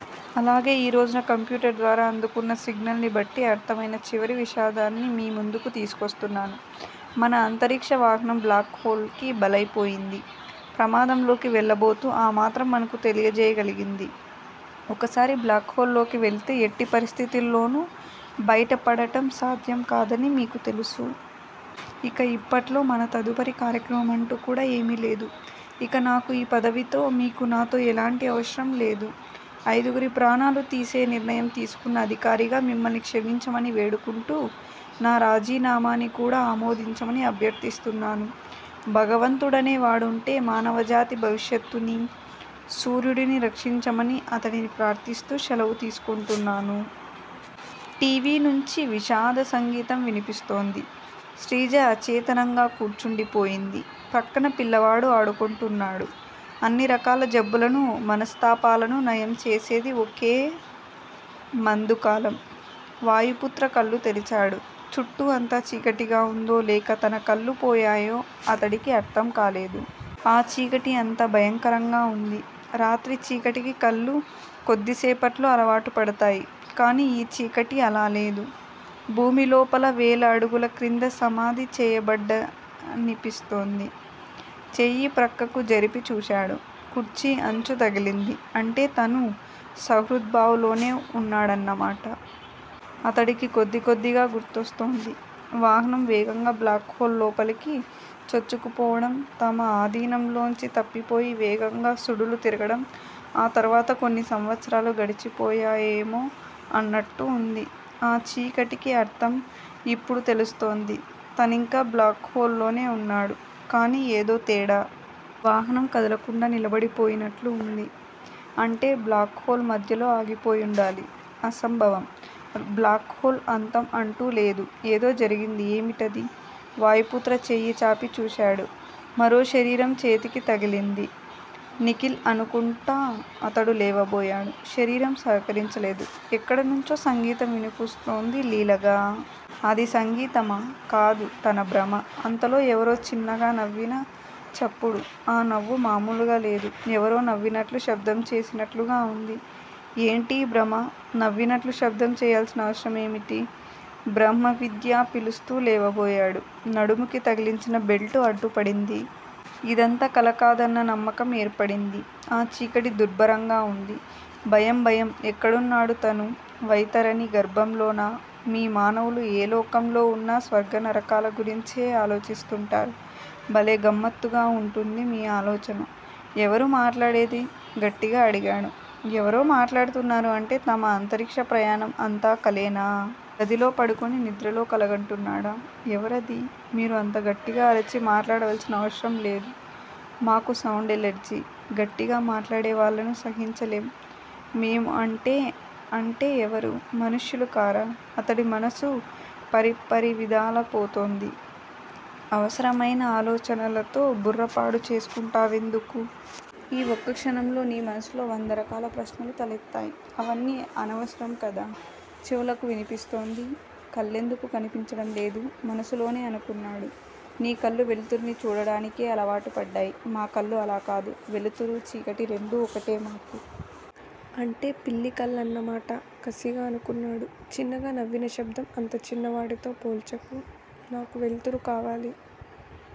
అలాగే ఈ రోజున కంప్యూటర్ ద్వారా అందుకున్న సిగ్నల్ ని బట్టి అర్థమయిన చివరి విషాదాన్ని మీ ముందుకు తీసుకొస్తున్నాను. మన అంతరిక్ష వాహనం బ్లాక్ హొల్ కి బలయిపోయింది. ప్రమాదంలోకి వెళ్ళబోతూ ఆ మాత్రం మనకు తెలియచేయగలిగింది. ఒకసారి బ్లాక్ హొల్ లోకి వెళితే ఎట్టి పరిస్థితుల్లోనూ బయటపడటం సాధ్యం కాదని మీకు తెలుసు. ఇక ఇప్పట్లో మన తదుపరి కార్యక్రమం అంటూ కూడా ఏమీ లేదు. ఇక నాకు ఈ పదవితో, మీకు నాతో ఎలాంటి అవసరంలేదు. ఐదుగురి ప్రాణాలు తీసే నిర్ణయం తీసుకున్న అధికారిగా మిమ్మల్ని క్షమించమని వేడుకుంటూ నా రాజీనామాని కూడా ఆమోదించమని అభ్యర్థిస్తున్నాను. భగవంతుడనే వాడుంటే మానవజాతి భవిష్యత్తునీ, సూర్యుడినీ రక్షించమని అతడిని ప్రార్థిస్తూ శలవు తీసుకుంటున్నాను. టి. వి. నుంచి విషాద సంగీతం వినిపిస్తోంది. శ్రీజ అచేతనంగా కూర్చుండిపోయింది. ప్రక్కన పిల్లవాడు ఆడుకుంటున్నాడు. అన్ని రకాల జబ్బులను మనస్తాపాలను నయం చేసేది ఒకే మందు-కాలం. వాయుపుత్ర కళ్ళు తెరిచాడు. చుట్టూ అంతా చీకటిగా వుందో లేక తనకళ్ళు పోయాయో అతడికి అర్థం కాలేదు. ఆ చీకటి అంత భయంకరంగా వుంది. రాత్రి చీకటికి కళ్ళు కొద్దిసేపట్లో అలవాటు పడతాయి. కానీ ఈ చీకటి అలా లేదు. భూమి లోపల వేల అడుగుల క్రింద సమాధి చేయబడ్డనిపిస్తోంది. చెయ్యి ప్రక్కకు జరిపి చూశాడు. కుర్చీ అంచు తగిలింది. అంటే తను సుహృద్భావ్ లోనే వున్నాడన్నమాట. అతడికి కొద్దికొద్దిగా గుర్తొస్తోంది. వాహనం వేగంగా బ్లాక్ హొల్ లోపలికి చొచ్చుకుపోవడం, తమ ఆధీనంలోంచి తప్పిపోయి వేగంగా సుడులు తిరగడం ఆ తర్వాత కొన్ని సంవత్సరాలు గడిచిపోయాయేమో అన్నట్టు వుంది. ఆ చీకటికి అర్థం యిప్పుడు తెలుస్తోంది. తనింకా బ్లాక్ హొల్ లోనే వున్నాడు. కాని ఏదో తేడా! వాహనం కదలకుండా నిలబడిపోయినట్లు వుంది. అంటే బ్లాక్ హొల్ మధ్యలో ఆగిపోయుండాలి- అసంభవం. బ్లాక్ హొల్ అంతం అంటూ లేదు. ఏదో జరిగింది. ఏమిటది? వాయుపుత్ర చెయ్యి చాపి చూశాడు. మరో శరీరం చేతికి తగిలింది. నిఖిల్ అనుకుంటా అతడు లేవబోయాడు. శరీరం సహకరించలేదు. ఎక్కడనుంచో సంగీతం వినిపిస్తోంది లీలగా. అది సంగీతమా? కాదు తన భ్రమ. అంతలో ఎవరో చిన్నగా నవ్విన చప్పుడు. ఆ నవ్వు మామూలుగా లేదు. ఎవరో నవ్వినట్లు శబ్దం చేసినట్లుగా వుంది. ఏంటీ భ్రమ? నవ్వినట్లు శబ్దం చేయాల్సిన అవసరం ఏమిటి? బ్రహ్మవిద్యా పిలుస్తూ లేవబోయాడు. నడుముకి తగిలించిన బెల్టు అడ్డు పడింది. ఇదంతా కలకాదన్న నమ్మకం ఏర్పడింది. ఆ చీకటి దుర్భరంగా వుంది. భయం భయం ఎక్కడున్నాడు తను? వైతరణీ గర్భంలోనా? మీ మానవులు ఏ లోకంలో వున్నా స్వర్గ నరకాల గురించే ఆలోచిస్తుంటారు. భలే గమ్మత్తుగా వుంటుంది మీ ఆలోచన. ఎవరు మాట్లాడేది? గట్టిగా అడిగాడు. ఎవరో మాట్లాడుతున్నారు అంటే తమ అంతరిక్ష ప్రయాణం అంతా కలేనా? గదిలో పడుకుని నిద్రలో కలగంటున్నాడా? ఎవరది? మీరు అంత గట్టిగా అరచి మాట్లాడవలసిన అవసరం లేదు. మాకు సౌండ్ ఎలర్జీ. గట్టిగా మాట్లాడేవాళ్ళను సహించలేం. మేము అంటే అంటే ఎవరు? మనుష్యులు కారా? అతడి మనసు పరిపరివిధాల పోతోంది. అనవసరమైన ఆలోచనలతో బుర్ర పాడు చేసుకుంటావెందుకు? ఈ ఒక్కక్షణంలో నీ మనసులో వంద రకాల ప్రశ్నలు తలెత్తాయి. అవన్నీ అనవసరం కదా. చెవులకి వినిపిస్తోంది కళ్ళెందుకు కనిపించడం లేదు? మనసులోనే అనుకున్నాడు. నీ కళ్ళు వెలుతురిని చూడడానికే అలవాటు పడ్డాయి. మా కళ్ళు అలా కాదు. వెలుతురూ. చీకటి రెండూ ఒకటే మాకు. అంటే పిల్లి కళ్ళన్నమాట కసిగా అనుకున్నాడు. చిన్నగా నవ్విన శబ్దం అంత చిన్న వాటితో పోల్చకు. నాకు వెలుతురు కావాలి